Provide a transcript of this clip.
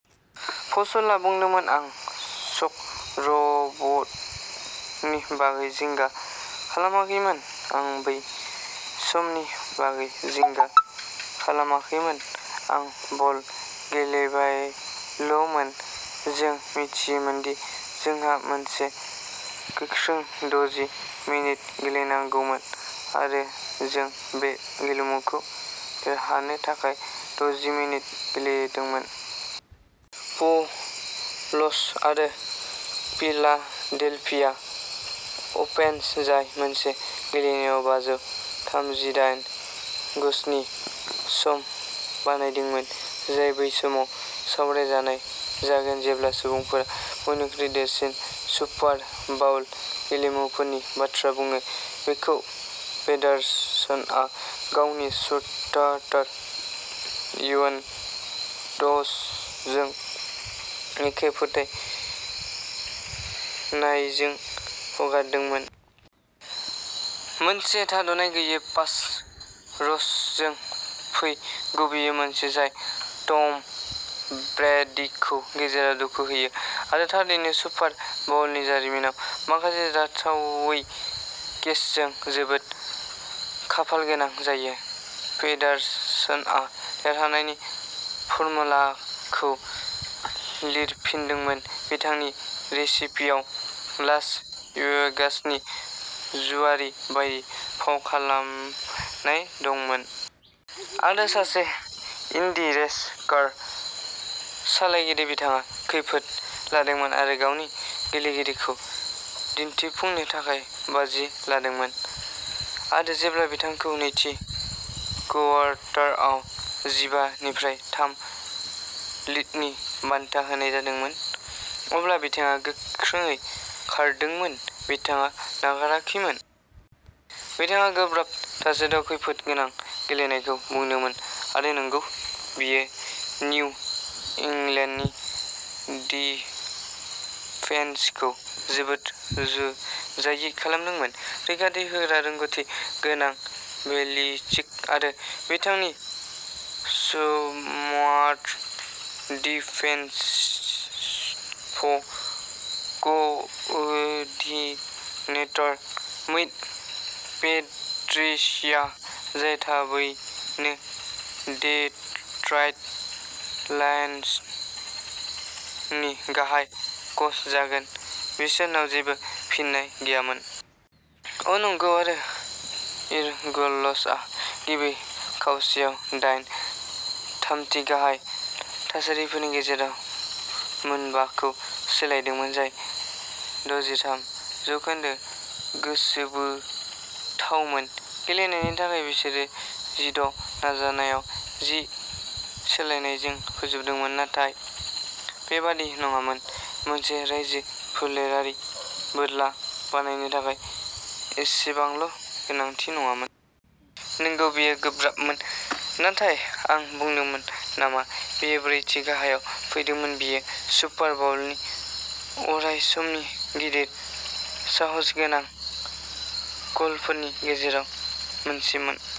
फ'ल्सआ बुंदोंमोन, "आं स्क'र ब'र्डनि बागै जिंगा खालामाखैमोन। आं बै समनि बागै जिंगा खालामाखैमोन। आं बल गेलेबायल'मोन। जों मिथियोमोन दि जोंहा मोनसे गोख्रों द'जि मिनिट गेलेनांगौमोन आरो जों बे गेलेमुखौ देरहानो थाखाय द'जि मिनिट गेलेदोंमोन। फ'ल्स आरो फिलाडेल्फिया अफेन्स जाय मोनसे गेलेनायाव बाजौ थामजिदाइन गजनि सम बानायदोंमोन, जाय बै समाव सावरायजानाय जागोन जेब्ला सुबुंफोरा बयनिख्रुइ देरसिन सुपार बाउल गेलेमुफोरनि बाथ्रा बुङो, बेखौ पेडारसनआ गावनि स्टार्टार वेन्टजजों एखे फोथायनायजों हगारदोंमोन। मोनसे थाद'नाय गैयै पास रशजों फै गुबैयै। मोनसे जाय टम ब्रेडीखौ गेजेराव दुखु होयो आरो थारैनो सुपार बाउलनि जारिमिनाव माखासे जाथावै केचजों जोबोद खाफालगोनां जायो। पेडारसनआ देरहानायनि फर्मुलाखौ लिरफिनदोंमोन। बिथांनि रेसिपियाव लास वेगासनि जुआरी बायदि फाव खालामनाय दंमोन। आरो सासे इन्डी रेस कार सालायगिरि। बिथाङा खैफोद लादोंमोन आरो गावनि गेलेगिरिफोरखौ दिन्थिफुंनो थाखाय बाजि लादोंमोन। आरो जेब्ला बिथांखौ नैथि क्वार्टाराव जिबा निफ्राय थाम लिडनि बान्था होनाय जादोंमोन, अब्ला बिथाङा गोख्रै खारदोंमोन। बिथाङा नागाराखैमोन। बिथाङा गोब्राब थासारियाव खैफोद गोनां गेलेनायखौ बुंदोंमोन आरो नंगौ, बेयो निउ इंलेन्डनि डिफेन्सखौ जोबोद रुजुजायै खालामदोंमोन। रैखाथि होग्रा रोंग'थि गोनां बेलिचिक आरो बिथांनि smart defensive coordinator Matt Patricia, जाय थाबैनो डेट्रइट लायन्सनि गाहाय कच जागोन, बिसोरनाव जेबो फिननाय गैयामोन। अ, नंगौ, आरो ईगल्सआ गिबि खावसेयाव दाइन थामथि गाहाय थासारिफोरनि गेजेराव मोनबाखौ सोलायदोंमोन, जाय दजिथाम जौखोन्दो गोसोबोथावमोन। गेलेनायनि थाखाय बिसोरो जिद' नाजानायाव जि सोलायनायजों फोजोबदोंमोन। नाथाय बेबादि नङामोन। मोनसे राजफोलेरारि बोरला बानायनो थाखाय एसेबांल' गोनांथि नङामोन। नंगौ, बेयो गोब्राबमोन। नाथाय आं बुंदोंमोन नामा बेयो ब्रैथि गाहायआव फैदोंमोन। बेयो सुपार बाउलनि अरायसमनि गिदिर साहसगोनां कलफोरनि गेजेराव मोनसेमोन।